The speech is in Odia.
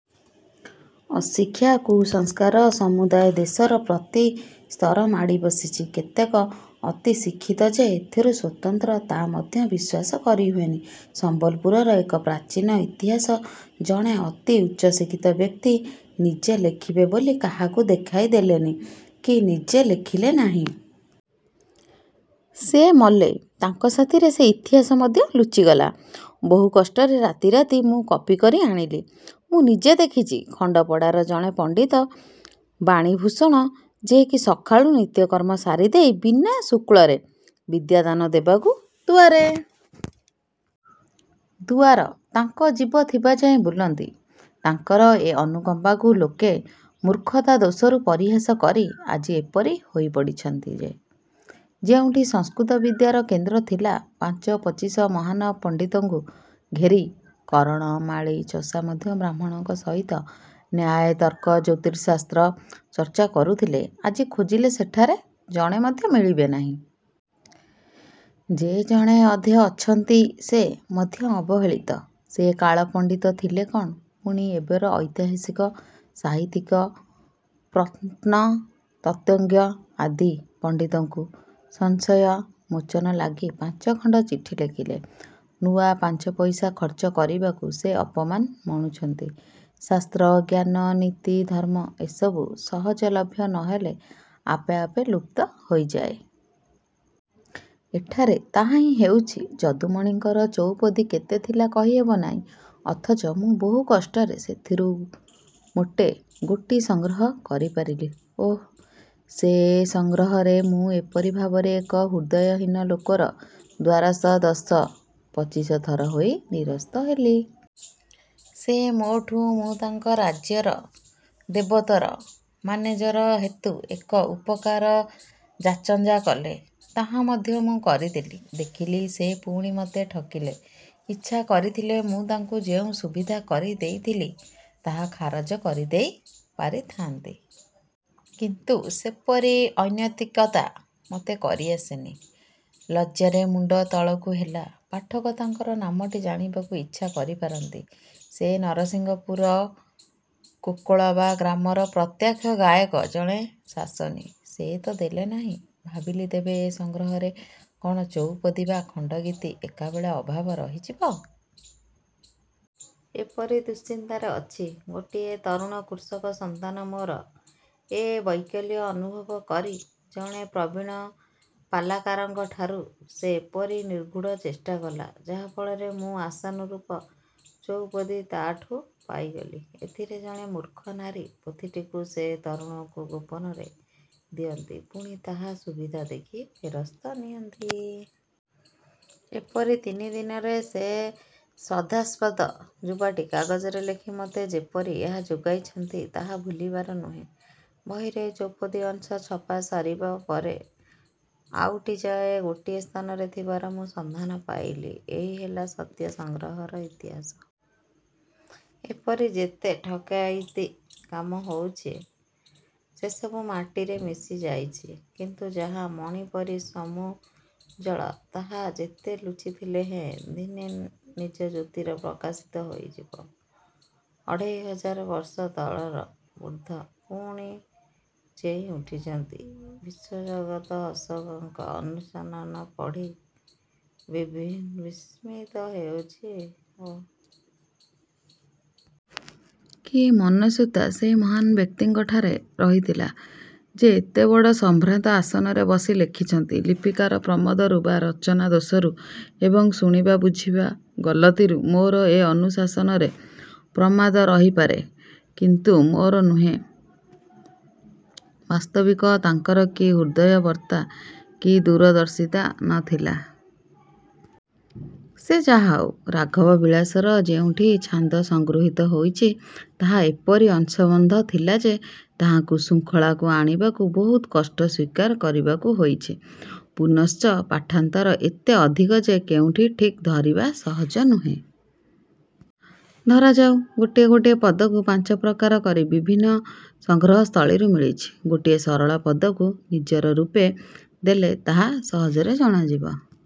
ଅଶିକ୍ଷା, କୁସଂସ୍କାର ସମୁଦାୟ ଦେଶର ପ୍ରତି ସ୍ତର ମାଡ଼ିବସିଛି। କେତେକ ଅତି ଶିକ୍ଷିତ ଯେ ଏଥିରୁ ସ୍ୱତନ୍ତ୍ର, ତା ମଧ୍ୟ ବିଶ୍ୱାସ କରି ହୁଏନି। ସମ୍ବଲପୁରର ଏକ ପ୍ରାଚୀନ ଇତିହାସ ଜଣେ ଅତି ଉଚ୍ଚଶିକ୍ଷିତ ବ୍ୟକ୍ତି ନିଜେ ଲେଖିବେ ବୋଲି କାହାକୁ ଦେଖାଇ ଦେଲେନି କି ନିଜେ ଲେଖିଲେ ନାହିଁ-। ସେ ମଲେ, ତାଙ୍କ ସାଥିରେ ସେ ଇତିହାସ ମଧ୍ୟ ଲୁଚିଗଲା। ବହୁକଷ୍ଟରେ ରାତି ରାତି ମୁଁ କପି କରି ଆଣିଲି। ମୁଁ ନିଜେ ଦେଖିଛି ଖଣ୍ଡପଡ଼ାର ଜଣେ ପଣ୍ଡିତ ବାଣୀଭୂଷଣ ଯେ କି ସକାଳୁ ନିତ୍ୟକର୍ମ ସାରିଦେଇ ବିନା ଶୁଳ୍କରେ ବିଦ୍ୟା ଦାନ ଦେବାକୁ ଦୁଆର ଦୁଆର ତାଙ୍କ ଜୀବ ଥିବାଯାଏ ବୁଲନ୍ତି, ତାଙ୍କର ଏ ଅନୁକମ୍ପାକୁ ଲୋକେ ମୂର୍ଖତା ଦୋଷରୁ ପରିହାସ କରି ଆଜି ଏପରି ହୋଇ ପଡ଼ିଛନ୍ତି ଯେ, ଯେଉଁଠି ସଂସ୍କୃତ ବିଦ୍ୟାର କେନ୍ଦ୍ର ଥିଲା, ପାଞ୍ଚ ପଚିଶ ମହାନ ପଣ୍ଡିତଙ୍କୁ ଘେରି କରଣ, ମାଳୀ, ଚଷା ମଧ୍ୟ ବ୍ରାହ୍ମଣଙ୍କ ସହିତ ନ୍ୟାୟ, ତର୍କ, ଜ୍ୟୋତିଃଶାସ୍ତ୍ର ଚର୍ଚ୍ଚା କରୁଥିଲେ, ଆଜି ଖୋଜିଲେ ସେଠାରେ ଜଣେ ମଧ୍ୟ ମିଳିବେ ନାହିଁ। ଯେ ଜଣେ ଅଧେ ଅଛନ୍ତି ସେ ମଧ୍ୟ ଅବହେଳିତ। ସେ କାଳ ପଣ୍ଡିତ ଥିଲେ କ'ଣ? ପୁଣି ଏବର ଐତିହାସିକ, ସାହିତ୍ୟକ, ପ୍ରତ୍ନତତ୍ତ୍ୱଜ୍ଞ, ଆଦି ପଣ୍ଡିତଙ୍କୁ ସଂଶୟ ମୋଚନ ଲାଗି ପାଞ୍ଚଖଣ୍ଡ ଚିଠି ଲେଖିଲେ, ନୂଆ ପାଞ୍ଚପଇସା ଖର୍ଚ୍ଚ କରିବାକୁ ସେ ଅପମାନ ମଣୁଛନ୍ତି। ଶାସ୍ତ୍ର, ଜ୍ଞାନ, ନୀତି, ଧର୍ମ ଏସବୁ ସହଜଲଭ୍ୟ ନ ହେଲେ ଆପେ ଆପେ ଲୁପ୍ତ ହୋଇଯାଏ। ଏଠାରେ ତାହା ହିଁ ହେଉଛି। ଯଦୁମଣିଙ୍କର ଚଉପଦୀ କେତେ ଥିଲା କହିହେବ ନାହିଁ। ଅଥଚ ମୁଁ ବହୁ କଷ୍ଟରେ ସେଥିରୁ ମୋଟେ ଗୋଟି ସଂଗ୍ରହ କରିପାରିଲି। ଓହୋ! ସେ ସଂଗ୍ରହରେ ମୁଁ ଏପରି ଭାବରେ ଏକ ହୃଦୟହୀନ ଲୋକର ଦ୍ୱାରସ୍ଥ ଦଶ ପଚିଶ ଥର ହୋଇ ନିରସ୍ତ ହେଲି। ସେ ମୋଠୁ ମୁଁ ତାଙ୍କ ରାଜ୍ୟର ଦେବୋତ୍ତର ମାନେଜର ହେତୁ ଏକ ଉପକାର ଯାଚଞ୍ଜା କଲେ। ତାହା ମଧ୍ୟ ମୁଁ କରିଦେଲି-। ଦେଖିଲି ସେ ପୁଣି ମତେ ଠକିଲେ। ଇଚ୍ଛା କରିଥିଲେ ମୁଁ ତାଙ୍କୁ ଯେଉଁ ସୁବିଧା କରି ଦେଇଥିଲି, ତାହା ଖାରଜ କରିଦେଇ ପାରିଥାନ୍ତି। କିନ୍ତୁ ସେପରି ଅନୈତିକତା ମତେ କରି ଆସେନି-। ଲଜ୍ଜାରେ ମୁଣ୍ଡ ତଳକୁ ହେଲା। ପାଠକ ତାଙ୍କର ନାମଟି ଜାଣିବାକୁ ଇଚ୍ଛା କରି ପାରନ୍ତି। ସେ ନରସିଂହପୁର କୋକଳବା ଗ୍ରାମର ପ୍ରଖ୍ୟାତ ଗାୟକ ଜଣେ ଶାସନୀ। ସେ ତ ଦେଲେ ନାହିଁ, ଭାବିଲି ତେବେ ଏ ସଂଗ୍ରହରେ କ'ଣ ଚଉପଦୀ ବା ଖଣ୍ଡଗୀତି ଏକାବେଳେ ଅଭାବ ରହିଯିବ? ଏପରି ଦୁଶ୍ଚିନ୍ତାରେ ଅଛି, ଗୋଟିଏ ତରୁଣ କୃଷକ ସନ୍ତାନ ମୋର ଏ ବୈକଲ୍ୟ ଅନୁଭବ କରି ଜଣେ ପ୍ରବୀଣ ପାଲାକାରଙ୍କଠାରୁ ସେ ଏପରି ନିଗୂଢ଼ ଚେଷ୍ଟାକଲା, ଯାହା ଫଳରେ ମୁଁ ଆଶାନୁରୂପ ଚଉପଦୀ ତାହାଠୁ ପାଇଗଲି। ଏଥିରେ ଜଣେ ମୂର୍ଖ ନାରୀ ପୋଥିଟିକୁ ସେ ତରୁଣକୁ ଗୋପନରେ ଦିଅନ୍ତି, ପୁଣି ତାହା ସୁବିଧା ଦେଖି ଫେରସ୍ତ ନିଅନ୍ତି। ଏପରି ତିନି ଦିନରେ ସେ ଶ୍ରଦ୍ଧାସ୍ପଦ ଯୁବାଟି କାଗଜରେ ଲେଖି ମତେ ଯେପରି ଏହା ଯୋଗାଇଛନ୍ତି, ତାହା ଭୁଲିବାର ନୁହେଁ। ବହିରେ ଚୌପଦୀ ଅଂଶ ଛପା ସରିବା ପରେ ଆଉ ଟି ଯାଏ ଗୋଟିଏ ସ୍ଥାନରେ ଥିବାର ମୁଁ ସନ୍ଧାନ ପାଇଲି। ଏଇ ହେଲା ସତ୍ୟ ସଂଗ୍ରହର ଇତିହାସ। ଏପରି ଯେତେ ଠକେଇତି କାମ ହୋଇଛି, ସେସବୁ ମାଟିରେ ମିଶିଯାଇଛି। କିନ୍ତୁ ଯାହା ମଣି ପରି ସମୂଜ୍ଜ୍ୱଳ ତାହା ଯେତେ ଲୁଚିଥିଲେହେଁ ଦିନେ ନିଜ ଜ୍ୟୋତିରେ ପ୍ରକାଶିତ ହୋଇଯିବ। ଅଢ଼େଇ ହଜାର ବର୍ଷ ତଳର ବୁଦ୍ଧ ପୁଣି ଚେଇଁ ଉଠିଛନ୍ତି। ବିଶ୍ୱଜଗତ ଅଶୋକଙ୍କ ଅନୁଶାସନ ପଢ଼ି ବିସ୍ମିତ ହେଉଛି - ଓହୋ! କି ମନସ୍ୱିତା ସେହି ମହାନ ବ୍ୟକ୍ତିଙ୍କଠାରେ ରହିଥିଲା। ଯେ ଏତେବଡ଼ ସଂଭ୍ରାନ୍ତ ଆସନରେ ବସି ଲେଖିଛନ୍ତି - ଲିପିକାର ପ୍ରମାଦରୁ ବା ରଚନା ଦୋଷରୁ ଏବଂ ଶୁଣିବା ବୁଝିବା ଗଲତିରୁ ମୋର ଏ ଅନୁଶାସନରେ ପ୍ରମାଦ ରହିପାରେ କିନ୍ତୁ ମୋର ନୁହେଁ। ବାସ୍ତବିକ ତାଙ୍କର କି ହୃଦୟବତ୍ତା, କି ଦୁରଦର୍ଶିତା ନ ଥିଲା। ସେ ଯାହାହେଉ - ରାଘବ ବିଳାସର ଯେଉଁ ଟି ଛାନ୍ଦ ସଂଗୃହୀତ ହୋଇଛି ତାହା ଏପରି ଅସଂବଦ୍ଧ ଥିଲା ଯେ ତାହାକୁ ଶୃଙ୍ଖଳାକୁ ଆଣିବାକୁ ବହୁତ କଷ୍ଟ ସ୍ୱୀକାର କରିବାକୁ ହୋଇଛି-। ପୁନଶ୍ଚ ପାଠାନ୍ତର ଏତେ ଅଧିକ ଯେ କେଉଁଟି ଠିକ ଧରିବା ସହଜ ହୁଏ ନାହିଁ। ଧରାଯାଉ ଗୋଟିଏ ଗୋଟିଏ ପଦକୁ ପାଞ୍ଚ ପ୍ରକାର କରି ବିଭିନ୍ନ ସଂଗ୍ରହସ୍ଥଳୀରୁ ମିଳିଛି। ଗୋଟିଏ ସରଳ ପଦକୁ ନଜିରରୂପେ ଦେଲେ ତାହା ସହଜରେ ଜଣାଯିବ।